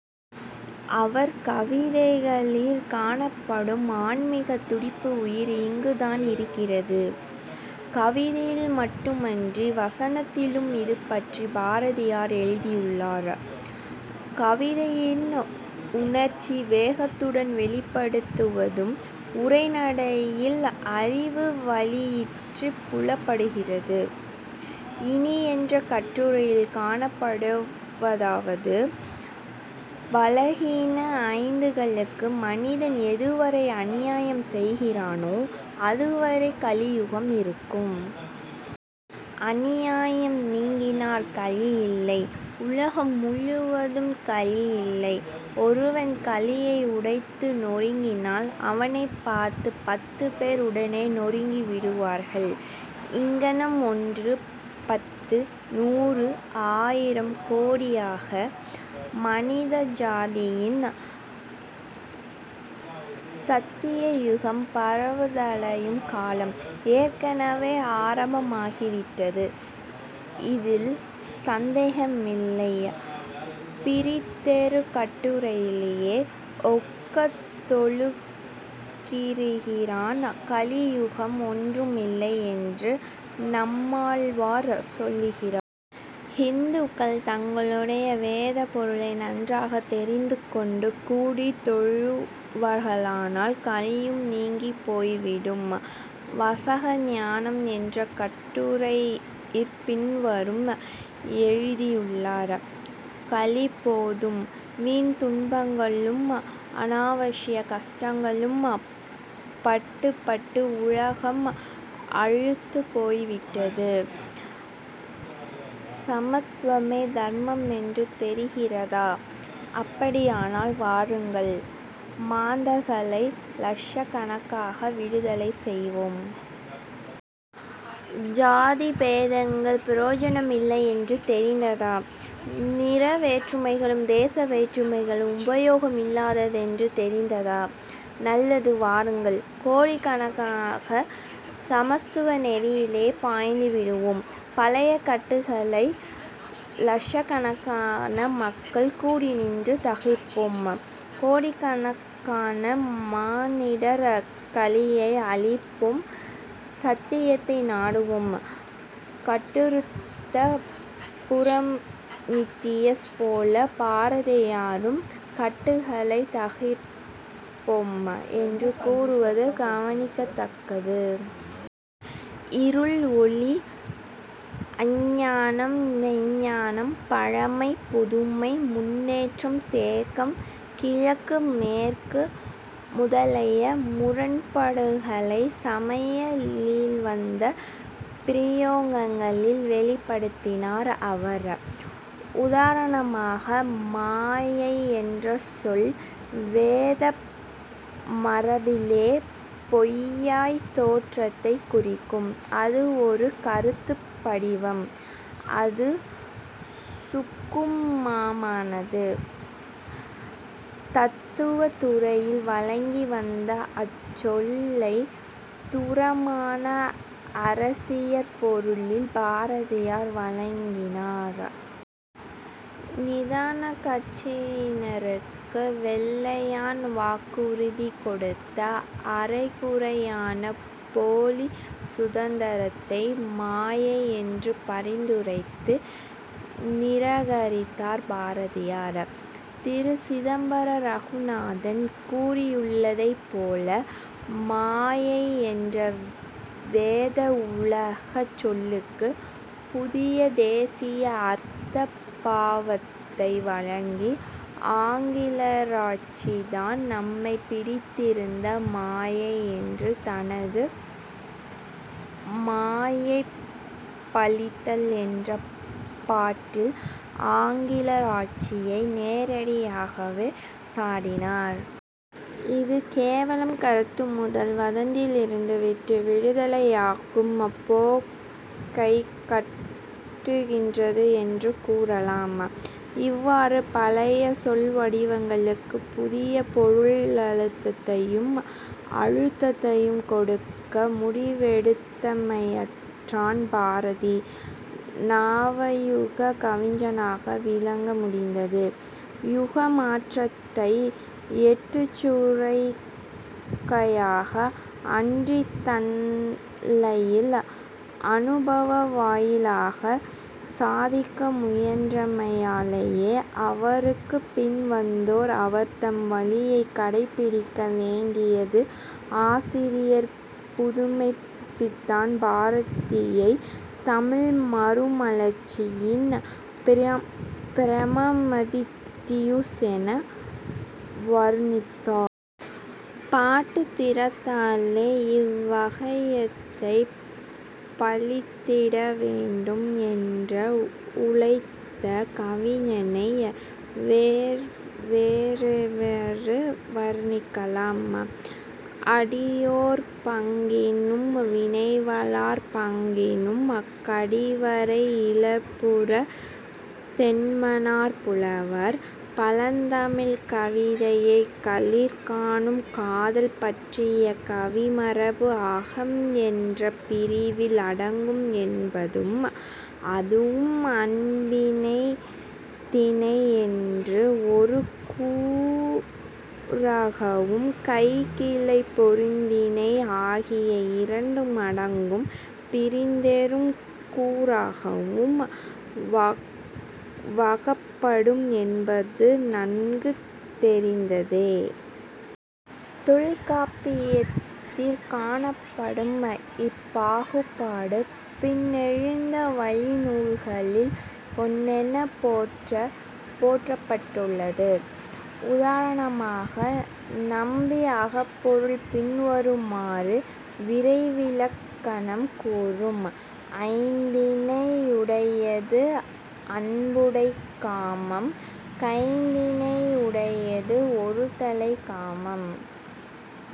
அவர் கவிதைகளிற் காணப்படும் ஆன்மீகத் துடிப்பின் உயிர் இங்குதானிருக்கிறது. கவிதையிலே மட்டுமன்றி வசனத்திலும் இதுபற்றிப் பாரதியார் எழுதியுள்ளார். கவிதையில் உணர்ச்சி வேகத்துடன் வௌிப்படுத்துவது உரை நடையில் அறிவு வழியிற் புலப்படுகிறது. இனி என்ற கட்டுரையில் காணப்படுவதாவது: "பலஹீன ஐந்துக்களுக்கு மனிதன் எதுவரை அநியாயம் செய்கிறானோ அதுவரை கலியுகம் இருக்கும். அநியாயம் நீங்கினாற் கலியில்லை; உலகம் முழுவதும் கலியில்லை- ஒருவன் கலியை உடைத்து நொறுங்கினால், அவனைப் பார்த்துப் பத்துப்பேர் உடனே நொறுங்கிவிடுவார்கள். இங்ஙனம் ஒன்று, பத்து, நூறு, ஆயிரம், கோடியாக; மனித ஜாதியில் ஸத்யயுகம் பரவுதலடையும் காலம் ஏற்கெனவே ஆரம்பமாகிவிட்டது. இதில் ஸந்தேகமில்லை" பிறிதொரு கட்டுரையிலே, "ஒக்கத் தொழுகிற்றிராயின், கலியுகம் ஒன்று மில்லை" என்று நம்மாழ்வார் சொல்கிறார். ஹிந்துக்கள் தங்களுடைய வேதப் பொருளை நன்றாகத் தெரிந்துகொண்டு கூடித் தொழுவர்களானால், கலியும் நீங்கிப் போய்விடும். " வசக ஞானம் என்ற கட்டுரையிற் பின்வரும் எழுதியுள்ளார்: "கலி போதும்; வீண் துன்பங்களும் அநாவசியக் கஷ்டங்களும் பட்டுப் பட்டு உலகம் அலுத்துப் போய்விட்டது- ஸமத்வமே தர்மமென்று தெரிகிறதா? அப்படியானால் வாருங்கள்: மாந்தர்களை லக்ஷக்கணக்காக விடுதலை செய்வோம். ஜாதி பேதங்கள் பிரயோஜனம் இல்லை என்று தெரிந்ததா? நிற வேற்றுமைகளும் தேச வேற்றுமைகளும் உபயோகம் இல்லாததென்று தெரிந்ததா? நல்லது வாருங்கள். கோடிக்கணக்காக, ஸமத்வ நெறியிலே பாய்ந்துவிடுவோம். பழைய கட்டுகளை லக்ஷக்கணக்கான மக்கள் கூடிநின்று தகர்ப்போம்:... கோடிக்காணக்கான மானிடர்... கலியை அழிப்போம். ஸத்யத்தை நாடுவோம்" கட்டறுத்த புரோமித்தியஸ் போல பாரதியாரும் "கட்டுக்களைத் தகர்ப்போம்" என்று கூறுவது கானிக்கத்தக்கது. இருள்-ஒளி, அஞ்ஞானம் மெய்ஞ்ஞானம், பழமை-புதுமை, முன்னேற்றம்-தேக்கம், கிழக்கு-மேற்கு, முதலய முரண்படுகளைச் சமய ழிவந்த பிரயோகங்களில் வௌிப்படுத்தினார் அவர். உதாரணமாக மாயை என்ற சொல் வேதாந்த மரபிலே பொய்த் தோற்றத்தைக் குறிக்கும்; அது ஒரு கருத்துப் படிவம்; அது சுக்கும்மாமானது. தத்துவத் துறையில் வழங்கி வந்த அச் சொல்லைத் தூரமான அரசியற் பொருளில் பாரதியார் வழங்கினார். நிதானக் கட்சியினருக்கு வெள்ளையன் வாக்குறுதி கொடுத்த அரைகுறையான போலிச் சுதந்தரத்தை மாயை என்று பரித்துரைத்து நிராகரித்தார் பாரதியார். திரு. சிதம்பர ரகுநாதன் கூறியுள்ளதைப் போல, "மாயை என்ற வேதாந்த உலகச் சொல்லுக்கு, புதிய தேசிய அர்த்த பாவத்தை வழங்கி, ஆங்கிலேயராட்சி தான் நம்மைப் பீடித்திருந்த மாயை" என்று தனது மாயையைப் பழித்தல் என்ற பாட்டில் ஆங்கிலேயராட்சியை நேரடியாகவே சாடினார். இது கேவலம் கருத்து முதல் வாதத்திலிருந்து விட்டு விடுதலையாகும் போக்கைக் காட்ருகின்றது என்று கூறலாம். இவ்வாறு பழைய சொல்வடிவங்களுக்குப் புதிய பொருளழத்தையும் அழுத்தத்தையும் கொடுக்க முடிந்தமையாற்றான் பாரதி நாவயுகக் கவிஞனாக விளங்க முடிந்தது. யுக மாற்றத்தை ஏட்டுச்சுரைக்கய்யாக அன்றித் தன்னையில் அநுபவ வாயிலாகச் சாதிக்க முயன்றமையாலேயே அவருக்குப் பின் வந்தோர் அவர் தம் வழியைக் கடைப்பிடிக்க வேண்டியது ஆசிரியர் புதுமைப்பித்தன் பாரதியைத் "தமிழ் மறுமலர்ச்சியின் பிராமதித்தியூஸ்" என வருணித்தார். 'பாட்டுத் திறத்தாலே இவ்கையத்தைப் பலித்திட வேண்டும்' என்ற உழைத்த கவிஞனை வேறெவ்வாறு வருணிக்கலாம்? "அடியோர் பங்கினும் வினைவலர் பாங்கினும் கடிவரை இலபுறத் தென்மனார்புலவர்" பழந் தமிழ்க் கவிதைகளிற் காணும் காதல் பற்றிய கவிமரபு அகம் என்ற பிரிவில் அடங்கும் என்பதும், அதுவும் அன்பினைந்திணை என்று ஒரு கூறாகவும் கைக்கிளை பொருந்திணை ஆகிய இரண்டு மடங்கும் பிறிதெரும் கூறாகவும் வகப்படும் என்பதும் நன்கு தெரிந்ததே. தொல்காப்பியத்திற் காணப்படும் இப்பாகுபாடு பின்னெழுந்த வழிநூல்களில் பொன்னே போற் போற்றப்பட்டுள்ளது. உதாரணமாக, நம்பி அகப்பொருள் பின்வருமாறு விரைவிலக்கணம் கூறும்: "ஐந்திணை யுடையது அன்புடைக் காமம்" "கைக்கிளை யுடையது ஒருதலைக் காமம்"